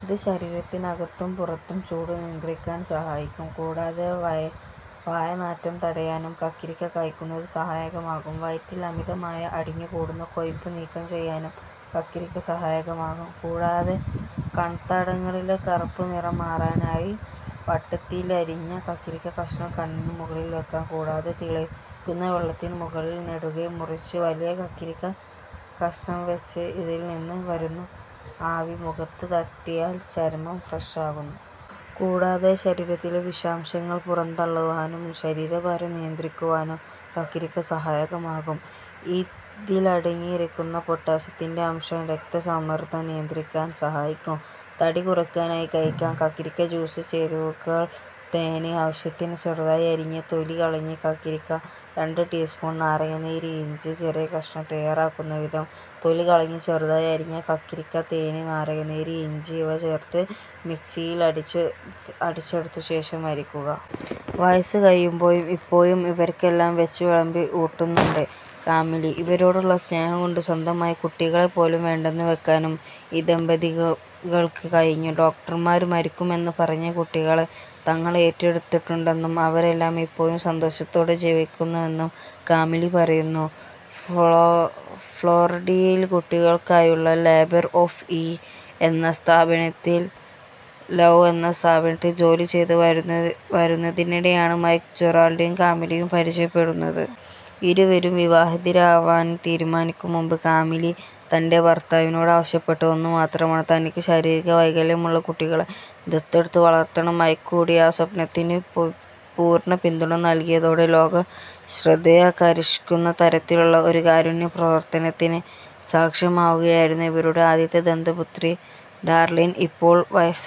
ഇത് ശരീരത്തിനകത്തും പുറത്തും ചൂട് നിയന്ത്രിക്കാന് സഹായിക്കും. കൂടാതെ വായനാറ്റം തടയാനും കക്കിരിക്ക കഴിക്കുന്നത് സഹായകമാകും. വയറ്റില് അമിതമായി അടിഞ്ഞു കൂടുന്ന കൊഴുപ്പ് നീക്കം ചെയ്യാനും കക്കിരിക്ക സഹായകമാകും. കൂടാതെ കണ്തടങ്ങളിലെ കറുപ്പ് നിറം മാറാനായി വട്ടത്തിലരിഞ്ഞ കക്കിരക്ക കഷ്ണം കണ്ണിന് മുകളില് വെക്കാം. കൂടാതെ തിളയ്ക്കുന്ന വെള്ളത്തിന് മുകളില് നെടുകെ മുറിച്ച വലിയ കക്കിരിക്കാ കഷ്ണം വെച്ച് ഇതില് നിന്ന് വരുന്ന ആവി മുഖത്ത് തട്ടിയാല് ചര്മ്മം ഫ്രഷ് ആകും. കൂടാതെ ശരീരത്തിലെ വിഷാംശങ്ങള് പുറന്തളളുവാനും ശരീരഭാരം നിയന്ത്രിക്കുവാനും കക്കിരക്ക സഹായകമാകും. ഇതിലടങ്ങിയിരിക്കുന്ന പൊട്ടാസ്യത്തിന്റെ അംശം രക്തസമ്മര്ദ്ദം നിയന്ത്രിക്കാന് സഹായിക്കും. തടികുറയ്ക്കാനായി കഴിക്കാം കക്കിരിക്ക ജ്യൂസ് ചേരുവകള് തേന് ആവശ്യത്തിന് ചെറുതായി അരിഞ്ഞ തൊലി കളഞ്ഞ കക്കിരിക്ക രണ്ട് ടീസ്പൂണ് നാരങ്ങനീര് ഇഞ്ചി ചെറിയ കഷ്ണം തയ്യാറാക്കുന്ന വിധം തൊലി കളഞ്ഞ് ചെറുതായി അരിഞ്ഞ കക്കിരക്ക, തേന്, നാരങ്ങനീര്, ഇഞ്ചി ഇവ ചേര്ത്ത് മിക്സിയില് അടിച്ചെടുത്ത ശേഷം അരിക്കുക. വയസ് കഴിയുമ്പോഴും ഇപ്പോഴും ഇവര്ക്കെല്ലാം വെച്ചുവിളമ്പി ഊട്ടുന്നുണ്ട് കാമിലി. ഇവരോടുള്ള സ്നേഹം കൊണ്ട് സ്വന്തമായി കുട്ടികളെ പോലും വേണ്ടന്ന് വെക്കാനും ഈ ദമ്പതികള്ക്ക് കഴിഞ്ഞു. ഡോക്ടര്മാര് മരിക്കുമെന്ന് പറഞ്ഞ കുട്ടികളെ തങ്ങള് ഏറ്റെടുത്തിട്ടുണ്ടെന്നും അവരെല്ലാം ഇപ്പോഴും സന്തോഷത്തോടെ ജീവിക്കുന്നുവെന്നും കാമിലി പറയുന്നു. ഫ്ളോറിഡയില് കുട്ടികള്ക്കായുള്ള ലേബര് ഓഫ് ലൗ എന്ന സ്ഥാപനത്തില് ജോലി ചെയ്ത് വരുന്നതിനിടെയാണ് മൈക്ക് ജെറാള്ഡിയും കാമിലിയും പരിചയപ്പെടുന്നത്. ഇരുവരും വിവാഹിതരാവാന് തീരുമാനിക്കും മുമ്പ് കാമിലി തന്റെ ഭര്ത്താവിനോട് ആവശ്യപ്പെട്ടത് ഒന്നുമാത്രമാണ്. തനിക്ക് ശാരീരിക വൈകല്യമുള്ള കുട്ടികളെ ദത്തെടുത്ത് വളര്ത്തണം. മൈക്ക് കൂടി ആ സ്വപ്നത്തിന് പൂര്ണ പിന്തുണ നല്കിയതോടെ ലോക ശ്രദ്ധയാകര്ഷിക്കുന്ന തരത്തിലുള്ള ഒരു കാരുണ്യ പ്രവര്ത്തനത്തിന് സാക്ഷ്യമാവുകയായിരുന്നു. ഇവരുടെ ആദ്യത്തെ ദത്തുപുത്രി ഡാര്ലിന് ഇപ്പോള് വയസായി.